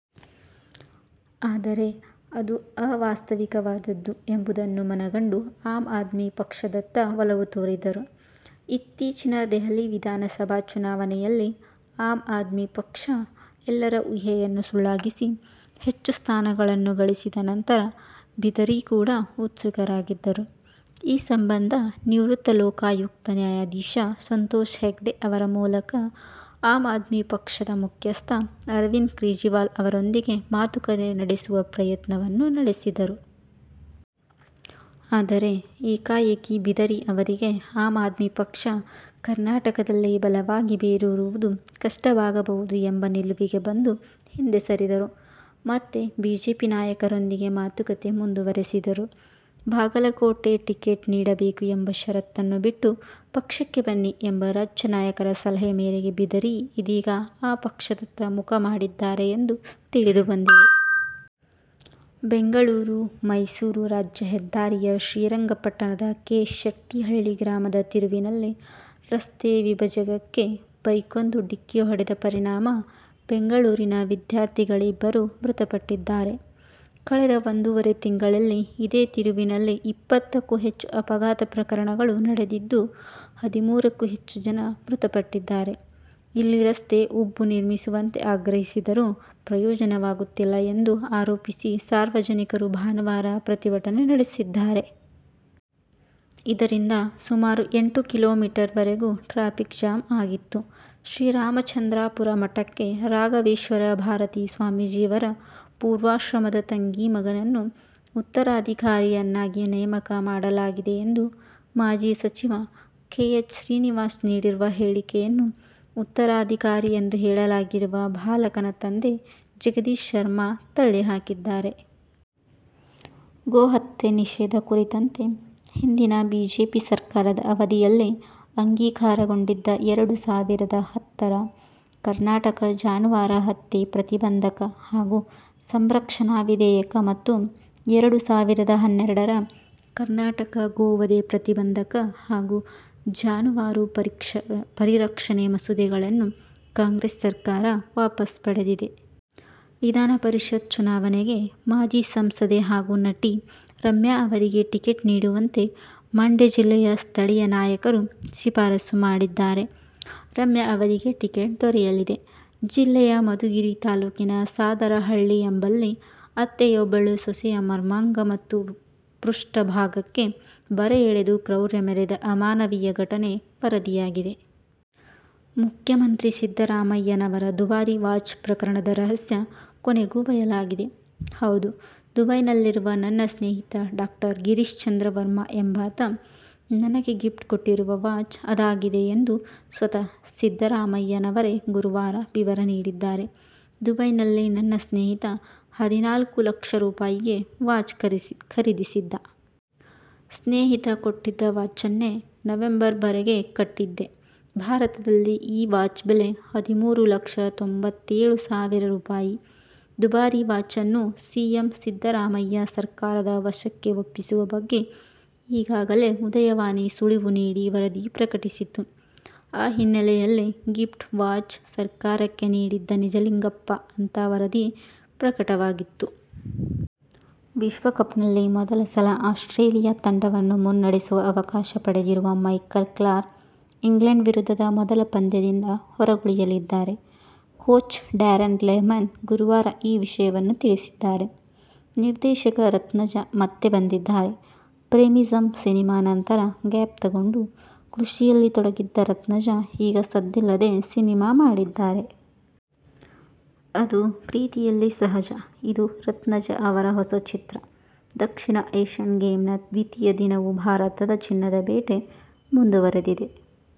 ಆದರೆ, ಅದು ಆವಾಸ್ತವಿಕವಾದದ್ದು ಎಂಬುದನ್ನು ಮನಗಂಡು ಆಮ್ ಆದ್ಮಿ ಪಕ್ಷದತ್ತ ಒಲವು ತೋರಿದ್ದರು. ಇತ್ತೀಚಿನ ದೆಹಲಿ ವಿಧಾನಸಭಾ ಚುನಾವಣೆಯಲ್ಲಿ ಆಮ್ ಆದ್ಮಿ ಪಕ್ಷ ಎಲ್ಲರ ಊಹೆಯನ್ನು ಸುಳ್ಳಾಗಿಸಿ ಹೆಚ್ಚು ಸ್ಥಾನಗಳನ್ನು ಗಳಿಸಿದ ನಂತರ ಬಿದರಿ ಕೂಡ ಉತ್ಸುಕರಾಗಿದ್ದರು. ಈ ಸಂಬಂಧ ನಿವೃತ್ತ ಲೋಕಾಯುಕ್ತ ನ್ಯಾಯಾಧೀಶ ಸಂತೋಷ್ ಹೆಗ್ಡೆ ಅವರ ಮೂಲಕ ಆಮ್ ಆದ್ಮಿ ಪಕ್ಷದ ಮುಖ್ಯಸ್ಥ ಅರವಿಂದ್ ಕೇಜ್ರಿವಾಲ್ ಅವರೊಂದಿಗೆ ಮಾತುಕತೆ ನಡೆಸುವ ಪ್ರಯತ್ನವನ್ನೂ ನಡೆಸಿದರು. ಆದರೆ, ಏಕಾಏಕಿ ಬಿದರಿ ಅವರಿಗೆ ಆಮ್ ಆದ್ಮಿ ಪಕ್ಷ ಕರ್ನಾಟಕದಲ್ಲಿ ಬಲವಾಗಿ ಬೇರೂರುವುದು ಕಷ್ಟವಾಗಬಹುದು ಎಂಬ ನಿಲುವಿಗೆ ಬಂದು ಹಿಂದೆ ಸರಿದರು. ಮತ್ತೆ ಬಿಜೆಪಿ ನಾಯಕರೊಂದಿಗೇ ಮಾತುಕತೆ ಮುಂದುವರೆಸಿದರು. ಬಾಗಲಕೋಟೆ ಟಿಕೆಟ್ ನೀಡಬೇಕು ಎಂಬ ಷರತ್ತನ್ನು ಬಿಟ್ಟು ಪಕ್ಷಕ್ಕೆ ಬನ್ನಿ ಎಂಬ ರಾಜ್ಯ ನಾಯಕರ ಸಲಹೆ ಮೇರೆಗೆ ಬಿದರಿ ಇದೀಗ ಆ ಪಕ್ಷದತ್ತ ಮುಖ ಮಾಡಿದ್ದಾರೆ ಎಂದು ತಿಳಿದು ಬಂದಿದೆ. ಬೆಂಗಳೂರು- ಮೈಸೂರು ರಾಜ್ಯ ಹೆದ್ದಾರಿಯ ಶ್ರೀರಂಗಪಟ್ಟಣದ ಕೆ. ಶೆಟ್ಟಿಹಳ್ಳಿ ಗ್ರಾಮದ ತಿರುವಿನಲ್ಲಿ ರಸ್ತೆ ವಿಭಜಗಕ್ಕೆ ಬೈಕೊಂದು ಡಿಕ್ಕಿ ಹೊಡೆದ ಪರಿಣಾಮ ಬೆಂಗಳೂರಿನ ವಿದ್ಯಾರ್ಥಿಗಳಿಬ್ಬರು ಮೃತಪಟ್ಟಿದ್ದಾರೆ. ಕಳೆದ ಒಂದೂವರೆ ತಿಂಗಳಲ್ಲಿ ಇದೇ ತಿರುವಿನಲ್ಲಿ ಇಪ್ಪತ್ತಕ್ಕೂ ಹೆಚ್ಚು ಅಪಘಾತ ಪ್ರಕರಣಗಳು ನಡೆದಿದ್ದು, ಹದಿಮೂರಕ್ಕೂ ಹೆಚ್ಚು ಜನ ಮೃತಪಟ್ಟಿದ್ದಾರೆ. ಇಲ್ಲಿ ರಸ್ತೆ ಉಬ್ಬು ನಿರ್ಮಿಸುವಂತೆ ಆಗ್ರಹಿಸಿದರೂ ಪ್ರಯೋಜನವಾಗುತ್ತಿಲ್ಲ ಎಂದು ಆರೋಪಿಸಿ ಸಾರ್ವಜನಿಕರು ಭಾನುವಾರ ಪ್ರತಿಭಟನೆ ನಡೆಸಿದ್ದಾರೆ. ಇದರಿಂದ ಸುಮಾರು ಎಂಟು ಕಿಲೋಮೀಟರ್ವರೆಗೂ ಟ್ರಾಫಿಕ್ ಜಾಮ್ ಆಗಿತ್ತು. ಶ್ರೀ ರಾಮಚಂದ್ರಾಪುರ ಮಠಕ್ಕೆ ರಾಘವೇಶ್ವರ ಭಾರತಿ ಸ್ವಾಮೀಜಿಯವರ ಪೂರ್ವಾಶ್ರಮದ ತಂಗಿ ಮಗನನ್ನು ಉತ್ತರಾಧಿಕಾರಿಯನ್ನಾಗಿ ನೇಮಕ ಮಾಡಲಾಗಿದೆ ಎಂದು ಮಾಜಿ ಸಚಿವ ಕೆ. ಎಚ್. ಶ್ರೀನಿವಾಸ್ ನೀಡಿರುವ ಹೇಳಿಕೆಯನ್ನು ಉತ್ತರಾಧಿಕಾರಿ ಎಂದು ಹೇಳಲಾಗಿರುವ ಬಾಲಕನ ತಂದೆ ಜಗದೀಶ್ ಶರ್ಮಾ ತಳ್ಳಿ ಹಾಕಿದ್ದಾರೆ. ಗೋಹತ್ಯೆ ನಿಷೇಧ ಕುರಿತಂತೆ ಹಿಂದಿನ ಬಿಜೆಪಿ ಸರ್ಕಾರದ ಅವಧಿಯಲ್ಲಿ ಅಂಗೀಕಾರಗೊಂಡಿದ್ದ ಎರಡು ಸಾವಿರದ ಹತ್ತರ ಕರ್ನಾಟಕ ಜಾನುವಾರು ಹತ್ಯೆ ಪ್ರತಿಬಂಧಕ ಹಾಗೂ ಸಂರಕ್ಷಣಾ ವಿಧೇಯಕ ಮತ್ತು ಎರಡು ಸಾವಿರದ ಹನ್ನೆರಡರ ಕರ್ನಾಟಕ ಗೋವಧೆ ಪ್ರತಿಬಂಧಕ ಹಾಗೂ ಜಾನುವಾರು ಪರಿರಕ್ಷಣೆ ಮಸೂದೆಗಳನ್ನು ಕಾಂಗ್ರೆಸ್ ಸರ್ಕಾರ ವಾಪಸ್ ಪಡೆದಿದೆ. ವಿಧಾನಪರಿಷತ್ ಚುನಾವಣೆಗೆ ಮಾಜಿ ಸಂಸದೆ ಹಾಗೂ ನಟಿ ರಮ್ಯಾ ಅವರಿಗೆ ಟಿಕೆಟ್ ನೀಡುವಂತೆ ಮಂಡ್ಯ ಜಿಲ್ಲೆಯ ಸ್ಥಳೀಯ ನಾಯಕರು ಶಿಫಾರಸು ಮಾಡಿದ್ದರೆ ರಮ್ಯಾ ಅವರಿಗೆ ಟಿಕೆಟ್ ದೊರೆಯಲಿದೆ. ಜಿಲ್ಲೆಯ ಮಧುಗಿರಿ ತಾಲೂಕಿನ ಸಾದರಹಳ್ಳಿ ಎಂಬಲ್ಲಿ ಅತ್ತೆಯೊಬ್ಬಳು ಸೊಸೆಯ ಮರ್ಮಾಂಗ ಮತ್ತು ಪೃಷ್ಠ ಭಾಗಕ್ಕೆ ಬರೆ ಎಳೆದು ಕ್ರೌರ್ಯ ಮೆರೆದ ಅಮಾನವೀಯ ಘಟನೆ ವರದಿಯಾಗಿದೆ. ಮುಖ್ಯಮಂತ್ರಿ ಸಿದ್ಧರಾಮಯ್ಯನವರ ದುಬಾರಿ ವಾಚ್ ಪ್ರಕರಣದ ರಹಸ್ಯ ಕೊನೆಗೂ ಬಯಲಾಗಿದೆ. ಹೌದು ದುಬೈನಲ್ಲಿರುವ ನನ್ನ ಸ್ನೇಹಿತ ಡಾ. ಗಿರೀಶ್ ಚಂದ್ರ ವರ್ಮಾ ಎಂಬಾತ ನನಗೆ ಗಿಫ್ಟ್ ಕೊಟ್ಟಿರುವ ವಾಚ್ ಅದಾಗಿದೆ ಎಂದು ಸ್ವತಃ ಸಿದ್ದರಾಮಯ್ಯನವರೇ ಗುರುವಾರ ವಿವರ ನೀಡಿದ್ದಾರೆ. ದುಬೈನಲ್ಲಿ ನನ್ನ ಸ್ನೇಹಿತ ಹದಿನಾಲ್ಕು ಲಕ್ಷ ರೂಪಾಯಿಗೆ ವಾಚ್ ಖರೀದಿಸಿದ್ದ. ಸ್ನೇಹಿತ ಕೊಟ್ಟಿದ್ದ ವಾಚನ್ನೆ ನವೆಂಬರ್ ವರೆಗೆ ಕಟ್ಟಿದ್ದೆ. ಭಾರತದಲ್ಲಿ ಈ ವಾಚ್ ಬೆಲೆ ಹದಿಮೂರು ಲಕ್ಷ ತೊಂಬತ್ತೇಳು ಸಾವಿರ ರೂಪಾಯಿ. ದುಬಾರಿ ವಾಚನ್ನು ಸಿಎಂ ಸಿದ್ದರಾಮಯ್ಯ ಸರ್ಕಾರದ ವಶಕ್ಕೆ ಒಪ್ಪಿಸುವ ಬಗ್ಗೆ ಈಗಾಗಲೇ ಉದಯವಾಣಿ ಸುಳಿವು ನೀಡಿ ವರದಿ ಪ್ರಕಟಿಸಿತ್ತು. ಆ ಹಿನ್ನೆಲೆಯಲ್ಲಿ ಗಿಫ್ಟ್ ವಾಚ್ ಸರ್ಕಾರಕ್ಕೆ ನೀಡಿದ್ದ ನಿಜಲಿಂಗಪ್ಪ ಅಂತ ವರದಿ ಪ್ರಕಟವಾಗಿತ್ತು. ವಿಶ್ವಕಪ್ನಲ್ಲಿ ಮೊದಲ ಸಲ ಆಸ್ಟ್ರೇಲಿಯ ತಂಡವನ್ನು ಮುನ್ನಡೆಸುವ ಅವಕಾಶ ಪಡೆದಿರುವ ಮೈಕಲ್ ಕ್ಲಾರ್ಕ್ ಇಂಗ್ಲೆಂಡ್ ವಿರುದ್ಧದ ಮೊದಲ ಪಂದ್ಯದಿಂದ ಹೊರಗುಳಿಯಲಿದ್ದಾರೆ. ಕೋಚ್ ಡ್ಯಾರನ್ ಲೆಹ್ಮನ್ ಗುರುವಾರ ಈ ವಿಷಯವನ್ನು ತಿಳಿಸಿದ್ದಾರೆ. ನಿರ್ದೇಶಕ ರತ್ನಜ ಮತ್ತೆ ಬಂದಿದ್ದಾರೆ. "ಪ್ರೇಮಿಸಂ' ಸಿನಿಮಾ ನಂತರ ಗ್ಯಾಪ್ ತಗೊಂಡು, ಕೃಷಿಯಲ್ಲಿ ತೊಡಗಿದ್ದ ರತ್ನಜ ಈಗ ಸದ್ದಿಲ್ಲದೇ ಸಿನಿಮಾ ಮಾಡಿದ್ದಾರೆ. ಅದು "ಪ್ರೀತಿಯಲ್ಲಿ ಸಹಜ'. ಇದು ರತ್ನಜ ಅವರ ಹೊಸ ಚಿತ್ರ. ದಕ್ಷಿಣ ಏಶ್ಯನ್ ಗೇಮ್ಸ್ನ ದ್ವಿತೀಯ ದಿನವೂ ಭಾರತದ ಚಿನ್ನ ಬೇಟೆ ಮುಂದುವರೆದಿದೆ.